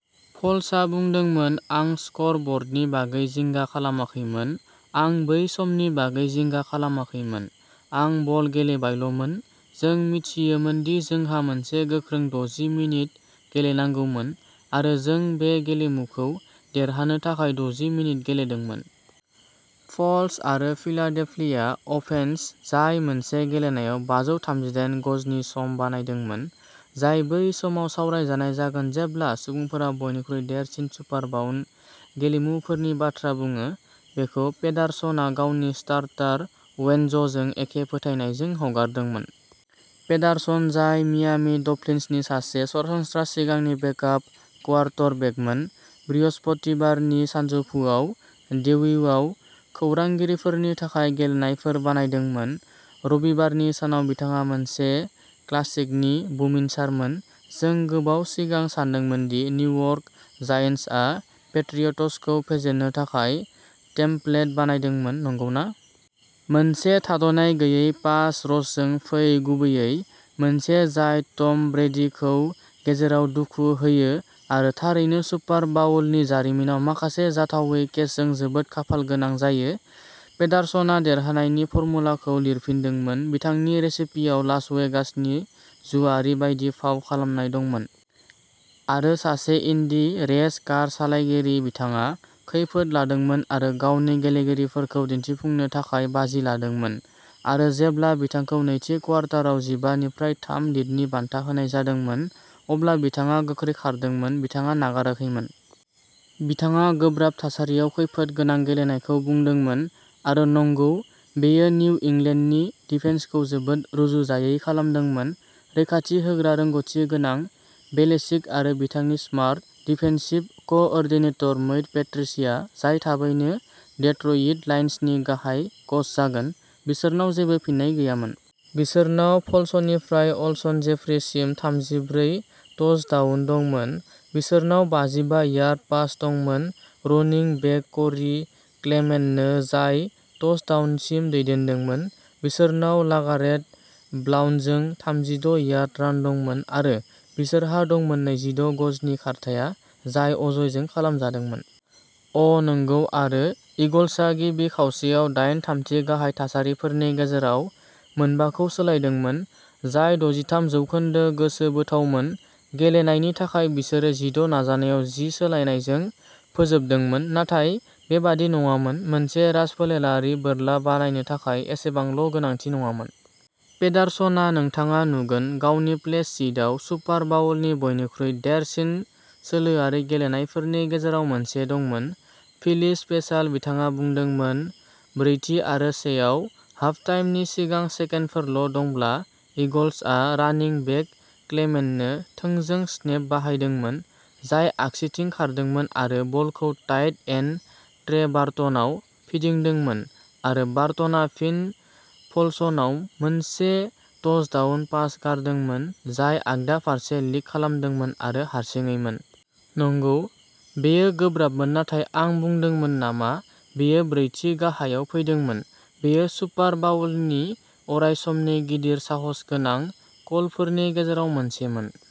फ'ल्सआ बुंदोंमोन, "आं स्क'र ब'र्डनि बागै जिंगा खालामाखैमोन। आं बै समनि बागै जिंगा खालामाखैमोन। आं बल गेलेबायल'मोन। जों मिथियोमोन दि जोंहा मोनसे गोख्रों द'जि मिनिट गेलेनांगौमोन आरो जों बे गेलेमुखौ देरहानो थाखाय द'जि मिनिट गेलेदोंमोन। फ'ल्स आरो फिलाडेल्फिया अफेन्स जाय मोनसे गेलेनायाव बाजौ थामजिदाइन गजनि सम बानायदोंमोन, जाय बै समाव सावरायजानाय जागोन जेब्ला सुबुंफोरा बयनिख्रुइ देरसिन सुपार बाउल गेलेमुफोरनि बाथ्रा बुङो, बेखौ पेडारसनआ गावनि स्टार्टार वेन्टज'जों एखे फोथायनायजों हगारदोंमोन। पेडारसन, जाय मियामी डल्फिन्सनि सासे सरासनस्रा सिगांनि बेकआप क्वार्टरबेकमोन, बृहस्पतिबारनि सानजौफुआव डेवीआव खौरांगिरिफोरनि थाखाय गेलेनायफोर बानायदोंमोन। रबिबारनि सानाव बिथाङा मोनसे क्लासिकनि बुमिनसारमोन। जों गोबाव सिगां सानदोंमोन दि निउयर्क जायन्ट्सआ पेट्रियट्सखौ फेजेननो थाखाय टेम्पलेट बानायदोंमोन, नंगौना? मोनसे थाद'नाय गैयै पास रशजों फै गुबैयै। मोनसे जाय टम ब्रेडीखौ गेजेराव दुखु होयो आरो थारैनो सुपार बाउलनि जारिमिनाव माखासे जाथावै केचजों जोबोद खाफालगोनां जायो। पेडारसनआ देरहानायनि फर्मुलाखौ लिरफिनदोंमोन। बिथांनि रेसिपियाव लास वेगासनि जुआरी बायदि फाव खालामनाय दंमोन। आरो सासे इन्डी रेस कार सालायगिरि। बिथाङा खैफोद लादोंमोन आरो गावनि गेलेगिरिफोरखौ दिन्थिफुंनो थाखाय बाजि लादोंमोन। आरो जेब्ला बिथांखौ नैथि क्वार्टाराव जिबा निफ्राय थाम लिडनि बान्था होनाय जादोंमोन, अब्ला बिथाङा गोख्रै खारदोंमोन। बिथाङा नागाराखैमोन। बिथाङा गोब्राब थासारियाव खैफोद गोनां गेलेनायखौ बुंदोंमोन आरो नंगौ, बेयो निउ इंलेन्डनि डिफेन्सखौ जोबोद रुजुजायै खालामदोंमोन। रैखाथि होग्रा रोंग'थि गोनां बेलिचिक आरो बिथांनि smart defensive coordinator Matt Patricia, जाय थाबैनो डेट्रइट लायन्सनि गाहाय कच जागोन, बिसोरनाव जेबो फिननाय गैयामोन। बिसोरनाव फलसनिफ्राय अल्सन जेफ्रीसिम थामजिब्रै टचडाउन दंमोन। बिसोरनाव बाजिबा यार्ड पास दंमोन रनिं बेक क'री क्लेमेन्टनो जाय टचडाउनसिम दैदेनदोंमोन। बिसोरनाव लागारेट ब्लाउन्टजों थामजिद' यार्ड रान दंमोन आरो बिसोरहा दंमोन नैजिद' गजनि खारथाइया जय अजयजों खालामजादोंमोन। अ, नंगौ, आरो ईगल्सआ गिबि खावसेयाव दाइन थामथि गाहाय थासारिफोरनि गेजेराव मोनबाखौ सोलायदोंमोन, जाय दजिथाम जौखोन्दो गोसोबोथावमोन। गेलेनायनि थाखाय बिसोरो जिद' नाजानायाव जि सोलायनायजों फोजोबदोंमोन। नाथाय बेबादि नङामोन। मोनसे राजफोलेरारि बोरला बानायनो थाखाय एसेबांल' गोनांथि नङामोन। पेडारसनआ, नोंथाङा नुगोन, गावनि प्ले शीटआव सुपार बाउलनि बयनिख्रुइ देरसिन सोलोआरि गेलेनायफोरनि गेजेराव मोनसे दंमोन, "फिली स्पेसाल", बिथाङा बुंदोंमोन- ब्रैथि आरो सेआव हाफटाइमनि सिगां सेकेन्डफोरल' दंब्ला, ईगल्सआ रानिं बेक क्लेमेन्टनो थोंजों स्नेप बाहायदोंमोन, जाय आगसिथिं खारदोंमोन आरो बलखौ टाइट एन्ड ट्रे बार्टनआव फिदिंदोंमोन आरो बार्टनआ फिन फलसनाव मोनसे टचडाउन पास गारदोंमोन, जाय आगदा फारसे लिक खालामदोंमोन आरो हारसिङैमोन। नंगौ, बेयो गोब्राबमोन। नाथाय आं बुंदोंमोन नामा बेयो ब्रैथि गाहायआव फैदोंमोन। बेयो सुपार बाउलनि अरायसमनि गिदिर साहसगोनां कलफोरनि गेजेराव मोनसेमोन।